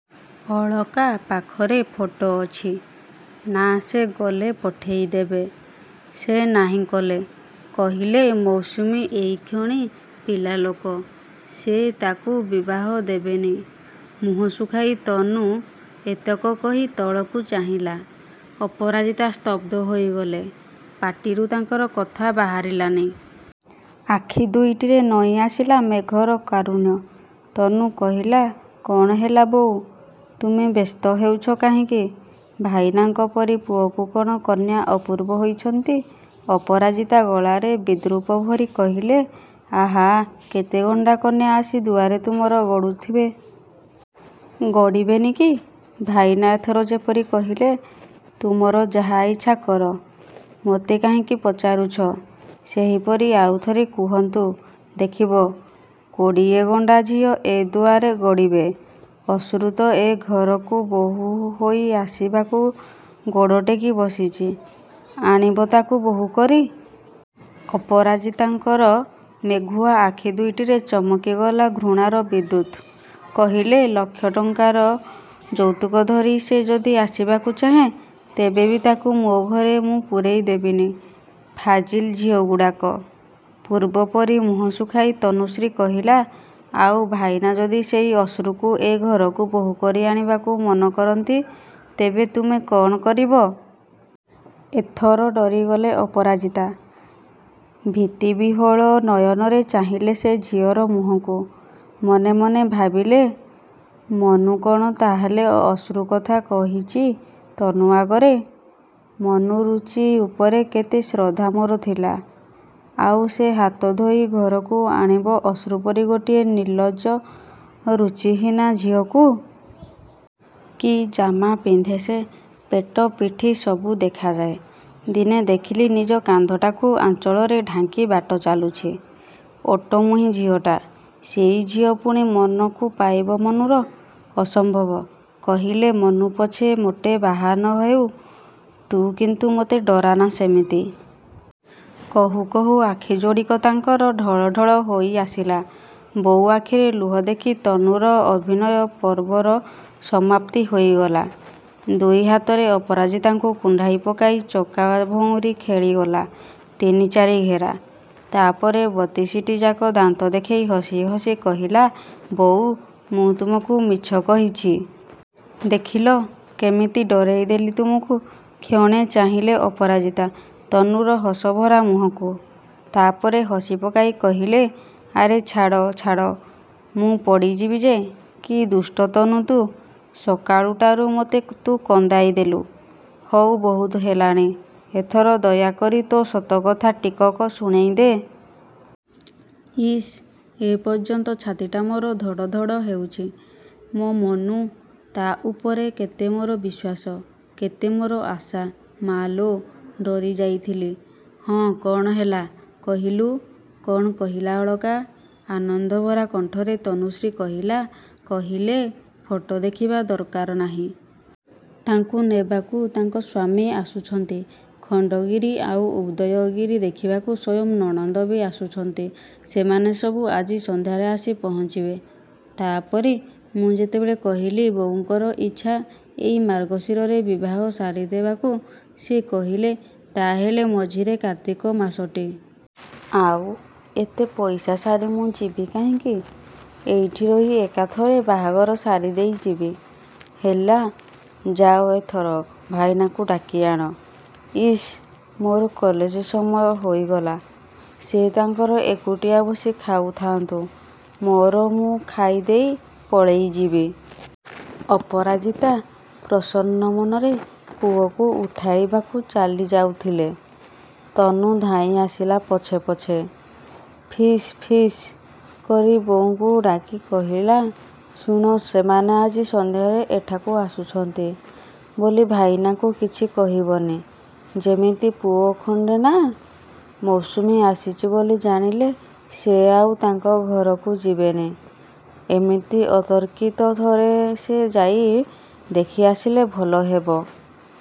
ଅଳକା ପାଖରେ ଫଟୋ ଅଛି, ନା ସେ ଗଲେ ପଠାଇଦେବେ? ସେ ନାହିଁ କଲେ। କହିଲେ, ମୌସୁମୀ ଏହିକ୍ଷଣି ପିଲା ଲୋକ। ସେ ତାକୁ ବିବାହ ଦେବେନି'। ମୁହଁ ଶୁଖାଇ ତନୁ ଏତକ କହି ତଳକୁ ଚାହିଁଲା। ଅପରାଜିତା ସ୍ତବ୍ଧ ହୋଇଗଲେ। ପାଟିରୁ ତାଙ୍କର କଥା ବାହାରିଲାନି। ଆଖିଦୁଇଟିରେ ନଇଁଆସିଲା ମେଘର କାରୁଣ୍ୟ। ତନୁ କହିଲା, କ'ଣ ହେଲା, ବୋଉ? ତୁମେ ବ୍ୟସ୍ତ ହେଉଛ କାହିଁକି? ଭାଇନାଙ୍କ ପରି ପୁଅକୁ କ'ଣ କନ୍ୟା ଅପୂର୍ବ ହୋଇଛନ୍ତି?" ଅପରାଜିତା ଗଳାରେ ବିଦ୍ରୂପ ଭରି କହିଲେ, ଆହାଃ କେତେ ଗଣ୍ଡା କନ୍ୟା ଆସି ଦୁଆରେ ତୁମର ଗଡ଼ୁଥିବେ! ଗଡ଼ିବେନି କି! ଭାଇନା ଏଥର ଯେପରି କହିଲେ, ତୁମର ଯାହା ଇଚ୍ଛା କର, ମୋତେ କାହିଁକି ପଚାରୁଛ', ସେହିପରି ଆଉଥରେ କୁହନ୍ତୁ, ଦେଖିବ କୋଡ଼ିଏ ଗଣ୍ଡା ଝିଅ ଏ ଦ୍ୱାରରେ ଗଡ଼ିବେ।"ଅଶ୍ରୁ ତ ଏ ଘରକୁ ବୋହୂ ହୋଇ ଆସିବାକୁ ଗୋଡ଼ଟେକି ବସିଛି। ଆଣିବ ତାକୁ ବୋହୂ କରି? ଅପରାଜିତାଙ୍କର ମେଘୁଆ ଆଖି ଦୁଇଟିରେ ଚମକିଗଲା ଘୃଣାର ବିଦ୍ୟୁତ୍। କହିଲେ, ଲକ୍ଷ ଟଙ୍କାର ଯୌତୁକ ଧରି ସେ ଯଦି ଆସିବାକୁ ଚାହେଁ, ତେବେ ବି ତାକୁ ମୋ ଘରେ ମୁଁ ପୁରେଇଦେବିନି। ଫାଜିଲ୍ ଝିଅଗୁଡ଼ାକ! ପୂର୍ବ ପରି ମୁହଁ ଶୁଖାଇ ତନୁଶ୍ରୀ କହିଲା, "ଆଉ ଭାଇନା ଯଦି ସେଇ ଅଶ୍ରୁକୁ ଏ ଘରକୁ ବୋହୂ କରି ଆଣିବାକୁ ମନ କରନ୍ତି, ତେବେ ତୁମେ କ'ଣ କରିବ? ଏଥର ଡରିଗଲେ ଅପରାଜିତା। ଭୀତିବିହ୍ୱଳ ନୟନରେ ଚାହିଁଲେ ସେ ଝିଅର ମୁହଁକୁ। ମନେ ମନେ ଭାବିଲେ, 'ମନୁ କ'ଣ ତାହେଲେ ଅଶ୍ରୁ କଥା କହିଛି ତନୁ ଆଗରେ! ମନୁ ରୁଚି ଉପରେ କେତେ ଶ୍ରଦ୍ଧା ମୋର ଥିଲା। ଆଉ ସେ ହାତଧୋଇ ଘରକୁ ଆଣିବ ଅଶ୍ରୁପରି ଗୋଟିଏ ନିର୍ଲଜ୍ଜ, ରୁଚିହୀନା ଝିଅକୁ! କି ଜାମା ପିନ୍ଧେ ସେ! ପେଟ, ପିଠି ସବୁ ଦେଖାଯାଏ। ଦିନେ ଦେଖିଲି ନିଜ କାନ୍ଧଟାକୁ ଆଞ୍ଚଳରେ ଢାଙ୍କି ବାଟ ଚାଲୁଛି, ଓଟ ମୁହିଁ ଝିଅଟା। ସେଇ ଝିଅ ପୁଣି ମନକୁ ପାଇବ ମନୁର! ଅସମ୍ଭବ!' କହିଲେ, ମନୁ ପଛେ ମୋଟେ ବାହା ନ ହେଉ, ତୁ କିନ୍ତୁ ମୋତେ ଡରାନା ସେମିତି।" କହୁ କହୁ ଆଖିଯୋଡ଼ିକ ତାଙ୍କର ଢଳଢଳ ହୋଇଆସିଲା। ବୋଉ ଆଖିରେ ଲୁହ ଦେଖି ତନୁର ଅଭିନୟ ପର୍ବର ସମାପ୍ତି ହୋଇଗଲା। ଦୁଇ ହାତରେ ଅପରାଜିତାଙ୍କୁ କୁଣ୍ଢାଇ ପକାଇ ଚକା ଭଉଁରି ଖେଳିଗଲା ତିନି-ଚାରି ଘେରା। ତାପରେ ବତିଶଟିଯାକ ଦାନ୍ତ ଦେଖେଇ ହସି ହସି କହିଲା, ବୋଉ, ମୁଁ ତୁମକୁ ମିଛ କହିଛି। ଦେଖିଲ କେମିତି ଡରେଇ ଦେଲି ତୁମକୁ! କ୍ଷଣେ ଚାହିଁଲେ ଅପରାଜିତା, ତନୁର ହସଭରା ମୁହଁକୁ। ତାପରେ ହସିପକାଇ କହିଲେ, ଆରେ ଛାଡ଼, ଛାଡ଼, ମୁଁ ପଡ଼ିଯିବି ଯେ। କି ଦୁଷ୍ଟ ତନୁ ତୁ! ସକାଳୁଟାରୁ ମୋତେ ତୁ କନ୍ଦାଇ ଦେଲୁ। ହଉ, ବହୁତ ହେଲାଣି। ଏଥର ଦୟାକରି ତୋ ସତ କଥା ଟିକକ ଶୁଣେଇଦେ। ଇସ୍, ଏ ପର୍ଯ୍ୟନ୍ତ ଛାତିଟା ମୋର ଧଡ଼ ଧଡ଼ ହେଉଛି! ମୋ ମନୁ, ତା' ଉପରେ କେତେ ମୋର ବିଶ୍ୱାସ, କେତେ ମୋର ଆଶା ମା’ଲୋ, ଡରିଯାଇଥିଲି। ହଁ, କ'ଣ ହେଲା, କହିଲୁ? କ'ଣ କହିଲା ଅଳକା? ଆନନ୍ଦଭରା କଣ୍ଠରେ ତନୁଶ୍ରୀ କହିଲା, କହିଲେ, 'ଫଟୋ ଦେଖିବା ଦରକାର ନାହିଁ। ତାଙ୍କୁ ନେବାକୁ ତାଙ୍କ ସ୍ୱାମୀ ଆସୁଛନ୍ତି। ଖଣ୍ଡଗିରି ଆଉ ଉଦୟଗିରି ଦେଖିବାକୁ ସ୍ୱୟଂ ନଣନ୍ଦ ବି ଆସୁଛନ୍ତି। ସେମାନେ ସବୁ ଆଜି ସନ୍ଧ୍ୟାରେ ଆସି ପହଞ୍ଚିବେ।' ତାପରେ ମୁଁ ଯେତେବେଳେ କହିଲି ବୋଉଙ୍କର ଇଚ୍ଛା ଏଇ ମାର୍ଗଶିରରେ ବିବାହ ସାରିଦେବାକୁ, ସେ କହିଲେ, 'ତାହାହେଲେ ମଝିରେ କାର୍ତ୍ତିକ ମାସଟି। ଆଉ ଏତେ ପଇସା ସାରି ମୁଁ ଯିବି କାହିଁକି? ଏଇଠି ରହି ଏକାଥରେ ବାହାଘର ସାରିଦେଇ ଯିବି।' ହେଲା! ଯାଅ ଏଥର ଭାଇନାକୁ ଡାକିଆଣ। ଇସ୍, ମୋର କଲେଜ ସମୟ ହୋଇଗଲା। ସେ ତାଙ୍କର ଏକୁଟିଆ ବସି ଖାଉଥାନ୍ତୁ। ମୋର ମୁଁ ଖାଇଦେଇ ପଳେଇ ଯିବି। ଅପରାଜିତା ପ୍ରସନ୍ନ ମନରେ ପୁଅକୁ ଉଠାଇବାକୁ ଚାଲିଯାଉଥିଲେ। ତନୁ ଧାଇଁଆସିଲା ପଛେ ପଛେ। ଫିସ୍-ଫିସ୍ କରି ବୋଉଙ୍କୁ ଡାକି କହିଲା, ଶୁଣ, ସେମାନେ ଆଜି ସନ୍ଧ୍ୟାରେ ଏଠାକୁ ଆସୁଛନ୍ତି ବୋଲି ଭାଇନାକୁ କିଛି କହିବନି। ଯେମିତି ପୁଅ ଖଣ୍ଡେ ନା, ମୌସୁମୀ ଆସିଛି ବୋଲି ଜାଣିଲେ ସେ ଆଉ ତାଙ୍କ ଘରକୁ ଯିବେନି। ଏମିତି ଅତର୍କିତ ଥରେ ସେ ଯାଇ ଦେଖିଆସିଲେ ଭଲ ହେବ।